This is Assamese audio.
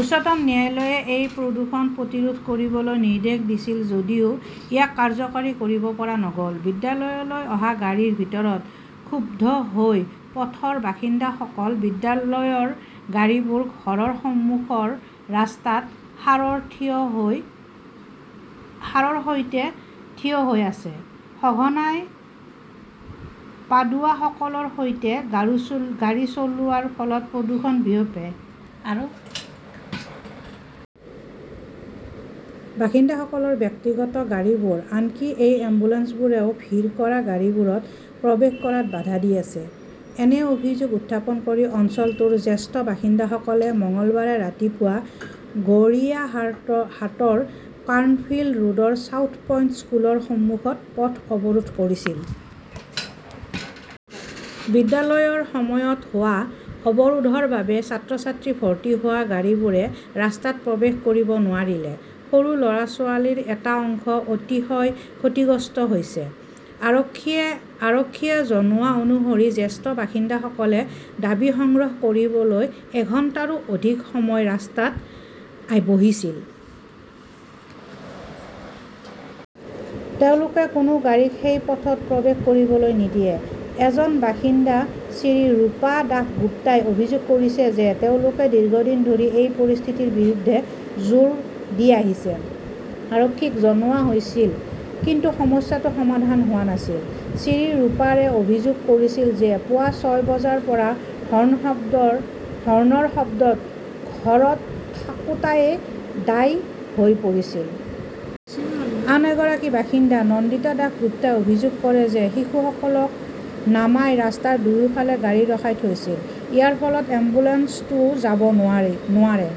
উচ্চতম ন্যায়ালয়ে এই প্ৰদূষণ প্ৰতিৰোধ কৰিবলৈ নিৰ্দেশ দিছিল যদিও ইয়াক কাৰ্যকৰী কৰিব পৰা নগ'ল। বিদ্যালয়লৈ অহা গাড়ীৰ ভিতৰত ক্ষুব্ধ হৈ পথৰ বাসিন্দাসকল বিদ্যালয়ৰ গাড়ীবোৰ ঘৰৰ সন্মুখৰ ৰাস্তাত সাৰৰ থিয় হৈ সাৰৰ সৈতে থিয় হৈ আছে। সঘনাই পাডুৱাসকলৰ সৈতে গাড়ী চলোৱাৰ ফলত প্ৰদূষণ বিয়পে। বাসিন্দাসকলৰ ব্যক্তিগত গাড়ীবোৰ, আনকি এই এম্বুলেন্সবোৰেও ভিৰ কৰা গাড়ীবোৰত প্ৰৱেশ কৰাত বাধা দি আছে। এনে অভিযোগ উত্থাপন কৰি অঞ্চলটোৰ জ্যেষ্ঠ বাসিন্দাসকলে মঙলবাৰে ৰাতিপুৱা গড়িয়াহাটৰ কৰ্ণফিল্ড ৰোডৰ চাউথচ পইণ্ট স্কুলৰ সন্মুখত পথ অৱৰোধ কৰিছিল। বিদ্যালয়ৰ সময়ত হোৱা অৱৰোধৰ বাবে ছাত্ৰ-ছাত্ৰী ভৰ্তি হোৱা গাড়ীবোৰে ৰাস্তাত প্ৰৱেশ কৰিব নোৱাৰিলে। সৰু ল'ৰা-ছোৱালীৰ এটা অংশ অতিশয় ক্ষতিগ্ৰস্ত হৈছে। আৰক্ষীয়ে আৰক্ষীয়ে জনোৱা অনুসৰি জ্যেষ্ঠ বাসিন্দাসকলে দাবী সংগ্ৰহ কৰিবলৈ এঘণ্টাৰো অধিক সময় ৰাস্তাত বহিছিল। তেওঁলোকে কোনো গাড়ীক সেই পথত প্ৰৱেশ কৰিবলৈ নিদিয়ে। এজন বাসিন্দা শ্ৰীৰুপা দাসগুপ্তাই অভিযোগ কৰিছে যে তেওঁলোকে দীৰ্ঘদিন ধৰি এই পৰিস্থিতিৰ বিৰুদ্ধে জোৰ দি আহিছে। আৰক্ষীক জনোৱা হৈছিল। কিন্তু সমস্যাটো সমাধান হোৱা নাছিল। শ্ৰীৰুপাৰে অভিযোগ কৰিছিল যে পুৱা ছয় বজাৰ পৰা হৰ্নৰ শব্দৰ হৰ্নৰ শব্দত ঘৰত থাকোটাৱেই দায় হৈ পৰিছিল। আন এগৰাকী বাসিন্দা নন্দিতা দাসগুপ্তাই অভিযোগ কৰে যে শিশুসকলক নামাই ৰাস্তাৰ দুয়োফালে গাড়ী ৰখা থৈছিল। ইয়াৰ ফলত এম্বুলেন্সটোও যাব নোৱাৰে নোৱাৰে।